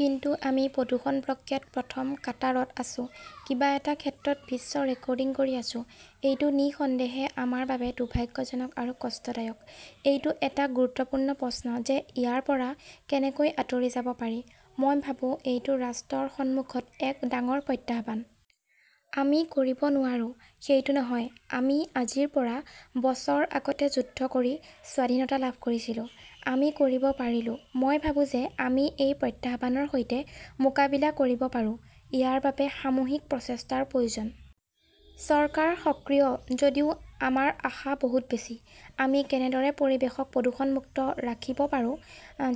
কিন্তু আমি প্ৰদূষণ প্ৰক্ৰিয়াত প্ৰথম কাটাৰত আছো। কিবা এটা ক্ষেত্ৰত বিশ্ব ৰেকৰ্ডিং কৰি আছো। এইটো নিঃসন্দেহে আমাৰ বাবে দুৰ্ভাগ্যজনক আৰু কষ্টদায়ক। এইটো এটা গুৰুত্বপূৰ্ণ প্ৰশ্ন যে ইয়াৰ পৰা কেনেকৈ আঁতৰি যাব পাৰি। মই ভাবো এইটো ৰাষ্ট্ৰৰ সন্মুখত এক ডাঙৰ প্ৰত্যাহ্বান। আমি কৰিব নোৱাৰো, সেইটো নহয়। আমি আজিৰ পৰা বছৰ আগতে যুদ্ধ কৰি স্বাধীনতা লাভ কৰিছিলো। আমি কৰিব পাৰিলো। মই ভাবো যে আমি এই প্ৰত্যাহ্বানৰ সৈতে মোকাবিলা কৰিব পাৰোঁ। ইয়াৰ বাবে সামূহিক প্ৰচেষ্টাৰ প্ৰয়োজন। চৰকাৰ সক্ৰিয়। যদিও আমাৰ আশা বহুত বেছি। আমি কেনেদৰে পৰিৱেশক প্ৰদূষণমুক্ত ৰাখিব পাৰোঁ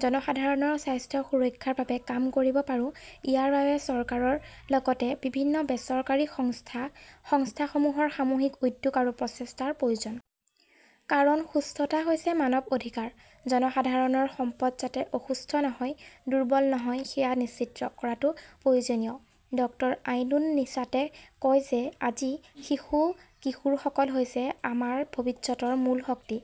জনসাধাৰণৰ স্বাস্থ্য সুৰক্ষাৰ বাবে কাম কৰিব পাৰোঁ ইয়াৰ বাবে চৰকাৰৰ লগতে বিভিন্ন বেচৰকাৰী সংস্থা, সংস্থাসমূহৰ সামূহিক উদ্যোগ আৰু প্ৰচেষ্টাৰ প্ৰয়োজন। কাৰণ সুস্থতা হৈছে মানৱ অধিকাৰ। জনসাধাৰণৰ সম্পদ যাতে অসুস্থ নহয়, দুৰ্বল নহয় সেয়া নিশ্চিত কৰাটো প্ৰয়োজনীয়। ডক্টৰ আইনুন নিশাতে কয় যে আজি শিশু-কিশোৰসকল হৈছে আমাৰ ভৱিষ্যতৰ মূল শক্তি।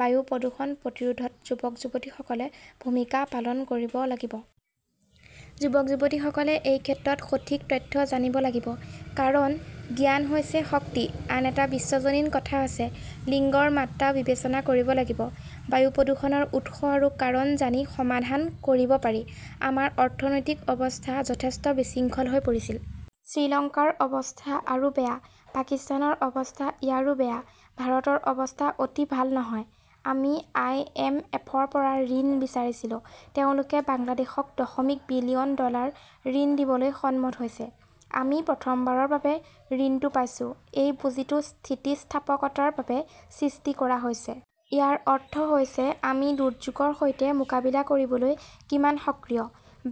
বায়ু প্ৰদূষণ প্ৰতিৰোধত যুৱক-যুৱতীসকলে ভূমিকা পালন কৰিব লাগিব। যুৱক-যুৱতীসকলে এই ক্ষেত্ৰত সঠিক তথ্য জানিব লাগিব। কাৰণ জ্ঞান হৈছে শক্তি। আন এটা বিশ্বজনীন কথা আছে, লিংগৰ মাত্ৰা বিবেচনা কৰিব লাগিব। বায়ু প্ৰদূষণৰ উৎস আৰু কাৰণ জানি সমাধান কৰিব পাৰি। আমাৰ অৰ্থনৈতিক অৱস্থা যথেষ্ট বিশৃংখল হৈ পৰিছিল। শ্ৰীলংকাৰ অৱস্থা আৰু বেয়া। পাকিস্তানৰ অৱস্থা ইয়াৰো বেয়া। ভাৰতৰ অৱস্থা অতি ভাল নহয়। আমি আইএমএফৰ পৰা ঋণ বিচাৰিছিলো। তেওঁলোকে বাংলাদেশক দশমিক বিলিয়ন ডলাৰ ঋণ দিবলৈ সন্মত হৈছে। আমি প্ৰথমবাৰৰ বাবে ঋণটো পাইছো। এই পুঁজিটো স্থিতিস্থাপকতাৰ বাবে সৃষ্টি কৰা হৈছে। ইয়াৰ অৰ্থ হৈছে আমি দুৰ্যোগৰ সৈতে মোকাবিলা কৰিবলৈ কিমান সক্ৰিয়।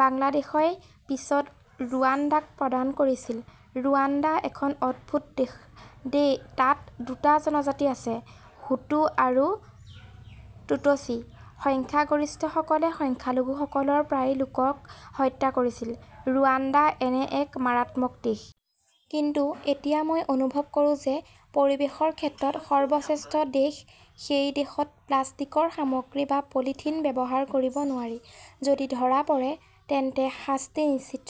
বাংলাদেশই পিছত ৰুৱাণ্ডাক প্ৰদান কৰিছিল। ৰুৱাণ্ডা এখন অদ্ভুত দেশতাত দুটা জনজাতি আছে-হুটু আৰু টুটচি। সংখ্যাগৰিষ্ঠসকলে সংখ্যালঘুসকলৰ প্ৰায় লোকক হত্যা কৰিছিল। ৰুৱাণ্ডা এনে এক মাৰাত্মক দেশ। কিন্তু এতিয়া মই অনুভৱ কৰোঁ যে পৰিৱেশৰ ক্ষেত্ৰত সৰ্বশ্ৰেষ্ঠ দেশ। সেই দেশত প্লাষ্টিকৰ সামগ্ৰী বা পলিথিন ব্যৱহাৰ কৰিব নোৱাৰি। যদি ধৰা পৰে তেন্তে শাস্তি নিশ্চিত।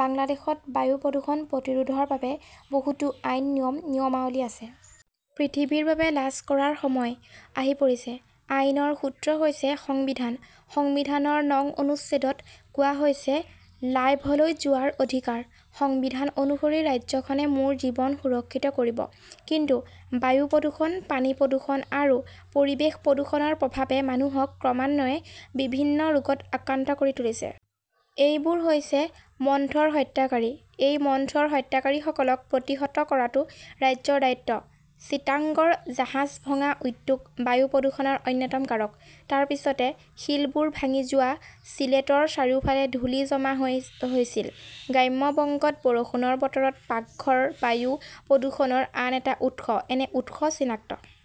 বাংলাদেশত বায়ু প্ৰদূষণ প্ৰতিৰোধৰ বাবে বহুতো আইন, নিয়ম, নিয়মাৱলী আছে। পৃথিৱীৰ বাবে লাজ কৰাৰ সময় আহি পৰিছে। আইনৰ সূত্ৰ হৈছে সংবিধান। সংবিধানৰ নং অনুচ্ছেদত কোৱা হৈছে লাইভলৈ যোৱাৰ অধিকাৰ । সংবিধান অনুসৰি ৰাজ্যখনে মোৰ জীৱন সুৰক্ষিত কৰিব। কিন্তু বায়ু প্ৰদূষণ, পানী প্ৰদূষণ আৰু পৰিৱেশ প্ৰদূষণৰ প্ৰভাৱে মানুহক ক্ৰমান্বয়ে বিভিন্ন ৰোগত আক্ৰান্ত কৰি তুলিছে। এইবোৰ হৈছে মন্থৰ হত্যাকাৰী । এই মন্থৰ হত্যাকাৰীসকলক প্ৰতিহত কৰাটো ৰাজ্যৰ দায়িত্ব। চিটাগংৰ জাহাজ ভঙা উদ্যোগ বায়ু প্ৰদূষণৰ অন্যতম কাৰক। তাৰ পিছতে শিলবোৰ ভাঙি যোৱা শ্বিলেটৰ চাৰিওফালে ধূলি জমা হৈছিল। গ্ৰাম্য বংগত বৰষুণৰ বতৰত পাকঘৰ বায়ু প্ৰদূষণৰ আন এটা উৎস। এনে উৎস চিনাক্ত